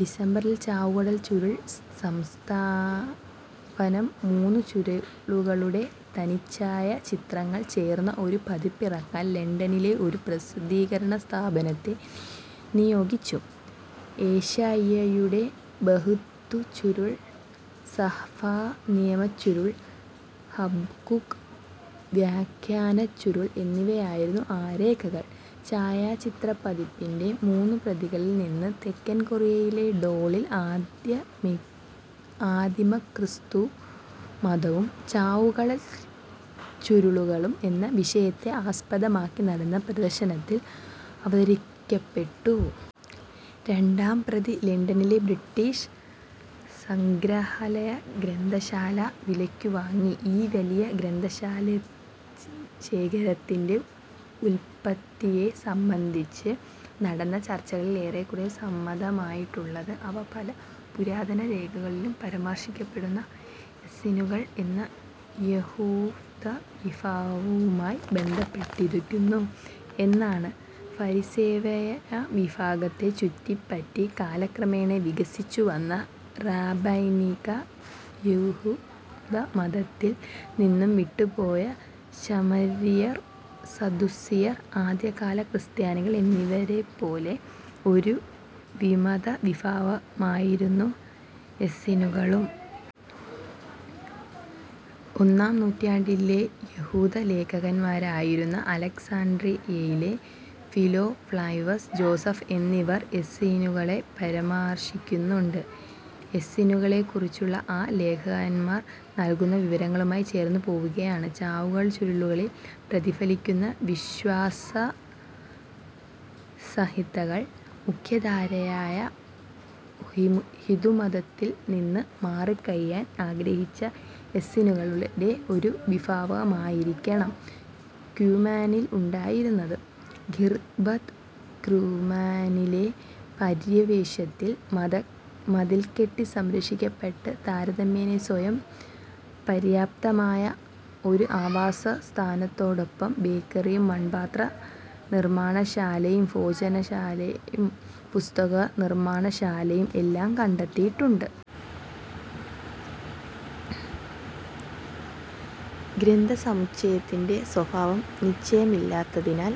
ഡിസംബറിൽ ചാവുകടൽ ചുരുൾ സംസ്ഥാപനം മൂന്നുചുരുളുകളുടെ തനിച്ഛായാചിത്രങ്ങൾ ചേർന്ന ഒരു പതിപ്പിറക്കാൻ ലണ്ടണിലെ ഒരു പ്രസിദ്ധീകരണസ്ഥാപനത്തെ നിയോഗിച്ചു. ഏശയ്യായുടെ ബൃഹദ്ചുരുൾ, സഭാനിയമച്ചുരുൾ, ഹബക്കൂക്ക് വ്യാഖ്യാനച്ചുരുൾ എന്നിവയായിരുന്നു ആ രേഖകൾ. ഛായാചിത്രപ്പതിപ്പിന്റെ മൂന്നുപ്രതികളിൽ ഒന്ന് തെക്കൻ കൊറിയയിലെ സോളിൽ "ആദിമക്രിസ്തുമതവും ചാവുകടൽ ചുരുളുകളും" എന്ന വിഷയത്തെ ആസ്പദമാക്കി നടന്ന പ്രദർശനത്തിൽ അവതരിപ്പിക്കപ്പെട്ടു. രണ്ടാം പ്രതി ലണ്ടണിലെ ബ്രിട്ടീഷ് സംഗ്രഹാലയഗ്രന്ഥശാല വിലക്കുവാങ്ങി. ഈ വലിയ ഗ്രന്ഥശേഖരത്തിന്റെ ഉല്പത്തിയെ സംബന്ധിച്ച് നടന്ന ചർച്ചകളിൽ ഏറെക്കുറെ സമ്മതമായിട്ടുള്ളത് അവ, പല പുരാതനരേഖകളിലും പരാമർശിക്കപ്പെടുന്ന എസ്സീനുകൾ എന്ന യഹൂദവിഭാവുമായി ബന്ധപ്പെട്ടിരിക്കുന്നു എന്നാണ്. ഫരിസേയവിഭാഗത്തെ ചുറ്റിപ്പറ്റി കാലക്രമേണ വികസിച്ചുവന്ന റാബൈനികയഹൂദമതത്തിൽ നിന്ന് വിട്ടുപോയ ശമരിയർ, സദ്ദൂസിയർ, ആദ്യകാല ക്രിസ്ത്യാനികൾ എന്നിവരെപ്പോലെ ഒരു വിമതവിഭാഗമായിരുന്നു എസീനുകളും. ഒന്നാം നൂറ്റാണ്ടിലെ യഹൂദലേഖകന്മാരായിരുന്ന അലക്സാണ്ഡ്രിയയിലെ ഫിലോ, ഫ്ലാവിയസ് ജോസഫ് എന്നിവർ എസ്സീനുകളെ പരാമർശിക്കുന്നുണ്ട്. എസ്സീനുകളെക്കുറിച്ച് ആ ലേഖകന്മാർ നൽകുന്ന വിവരങ്ങളുമായി ചേർന്നു പോകുന്നവയാണ് ചാവുകടൽ ചുരുളുകളിൽ പ്രതിഫലിക്കുന്ന വിശ്വാസസംഹിതകൾ. മുഖ്യധാരായഹൂദമതത്തിൽ നിന്ന് മാറിക്കഴിയാൻ ആഗ്രഹിച്ച എസ്സീനുകളുടെ ഒരു വിഭാഗമായിരിക്കണം കുമ്രാനിൽ ഉണ്ടായിരുന്നത്. ഖിർബത് കുമ്രാനിലെ പര്യവേഷണത്തിൽ, മതിൽ കെട്ടി സംരക്ഷിക്കപ്പെട്ട താരതമ്യേന സ്വയംപര്യാപ്തമായ ഒരു ആവാസസ്ഥാനത്തോടൊപ്പം ബേക്കറിയും, മൺപാത്രനിർമ്മാണശാലയും, ഭോജനാലയവും, പുസ്തകനിർമ്മാണശാലയും എല്ലാം കണ്ടെത്തിയിട്ടുണ്ട്. ഗ്രന്ഥസമുച്ചയത്തിന്റെ സ്വഭാവം നിശ്ചയമില്ലാത്തതിനാൽ,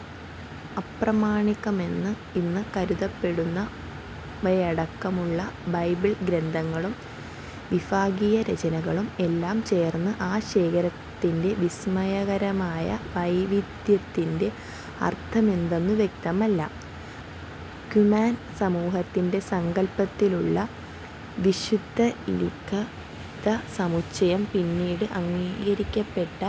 അപ്രമാണികമെന്ന് ഇന്ന് കരുതപ്പെടുന്നവയടക്കമുള്ള ബൈബിൾ ഗ്രന്ഥങ്ങളും വിഭാഗീയരചനകളും എല്ലാം ചേർന്ന ആ ശേഖരത്തിന്റെ വിസ്മയകരമായ വൈവിദ്ധ്യത്തിന്റെ അർത്ഥമെന്തെന്നും വ്യക്തമല്ല. കുമ്രാൻ സമൂഹത്തിന്റെ സങ്കല്പത്തിലുള്ള വിശുദ്ധലിഖിതസമുച്ചയം പിന്നീട് അംഗീകരിക്കപ്പെട്ട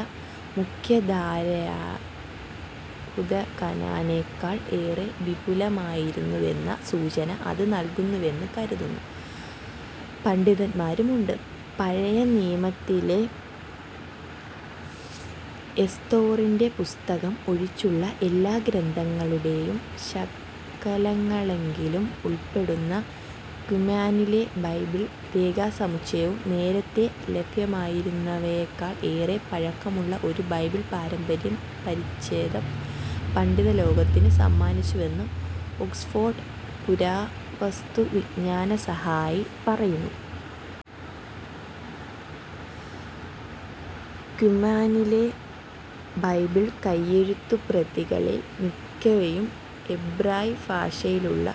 മുഖ്യധാരായഹൂദകാനോനേക്കാൾ ഏറെ വിപുലമായിരുന്നുവെന്ന സൂചന അത് നൽകുന്നുവെന്ന് കരുതുന്ന പണ്ഡിതന്മാരുണ്ട്. പഴയനിയമത്തിലെ എസ്തേറിന്റെ പുസ്തകം ഒഴിച്ചുള്ള എല്ലാ ഗ്രന്ഥങ്ങളുടേയും ശകലങ്ങളെങ്കിലും ഉൾപ്പെടുന്ന കുമ്രാനിലെ ബൈബിൾ രേഖാസമുച്ചയവും, നേരത്തെ ലഭ്യമായിരുന്നവയെക്കാൾ ഏറെ പഴക്കമുള്ള ഒരു ബൈബിൾ പാരമ്പര്യപരിച്ഛേദം പണ്ഡിതലോകത്തിന് സമ്മാനിച്ചുവെന്ന് ഓക്സ്ഫോർഡ് പുരാവസ്തുവിജ്ഞാനസഹായി പറയുന്നു. കുമ്രാനിലെ ബൈബിൾ കൈയെഴുത്തുപ്രതികളിൽ മിക്കവയും എബ്രായ ഭാഷയിലുള്ള,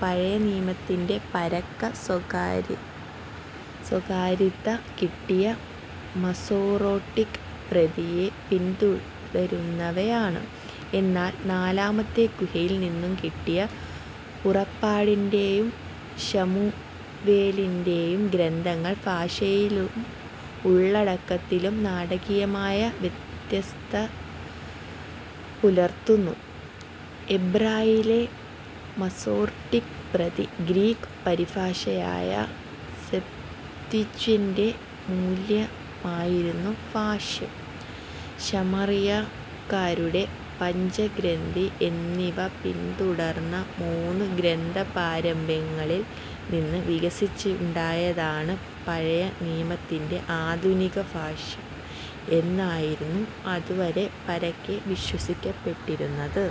പഴയനിയമത്തിന്റെ പരക്കെ സ്വീകാര്യതകിട്ടിയ മസോറെട്ടിക്ക് പ്രതിയെ പിന്തുടരുന്നവയാണ്. എന്നാൽ നാലാമത്തെ ഗുഹയിൽ നിന്നുകിട്ടിയ പുറപ്പാടിന്റേയും ശമൂവേലിന്റേയും ഗ്രന്ഥങ്ങൾ ഭാഷയിലും ഉള്ളടക്കത്തിലും നാടകീയമായ വ്യത്യസ്തത പുലർത്തുന്നു. എബ്രായയിലെ മസോറട്ടിക്ക് പ്രതി, ഗ്രീക്ക് പരിഭാഷയായ സെപ്ത്വജിന്റിന്റെ മൂലമായിരുന്ന ഭാഷ്യം, ശമറിയാക്കാരുടെ പഞ്ചഗ്രന്ഥി എന്നിവ പിന്തുടർന്ന മൂന്നു ഗ്രന്ഥപാരമ്പര്യങ്ങളിൽ നിന്ന് വികസിച്ചുണ്ടായതാണ് പഴയനിയമത്തിന്റെ ആധുനികഭാഷ്യം എന്നായിരുന്നു അതുവരെ പരക്കെ വിശ്വസിക്കപ്പെട്ടിരുന്നത്.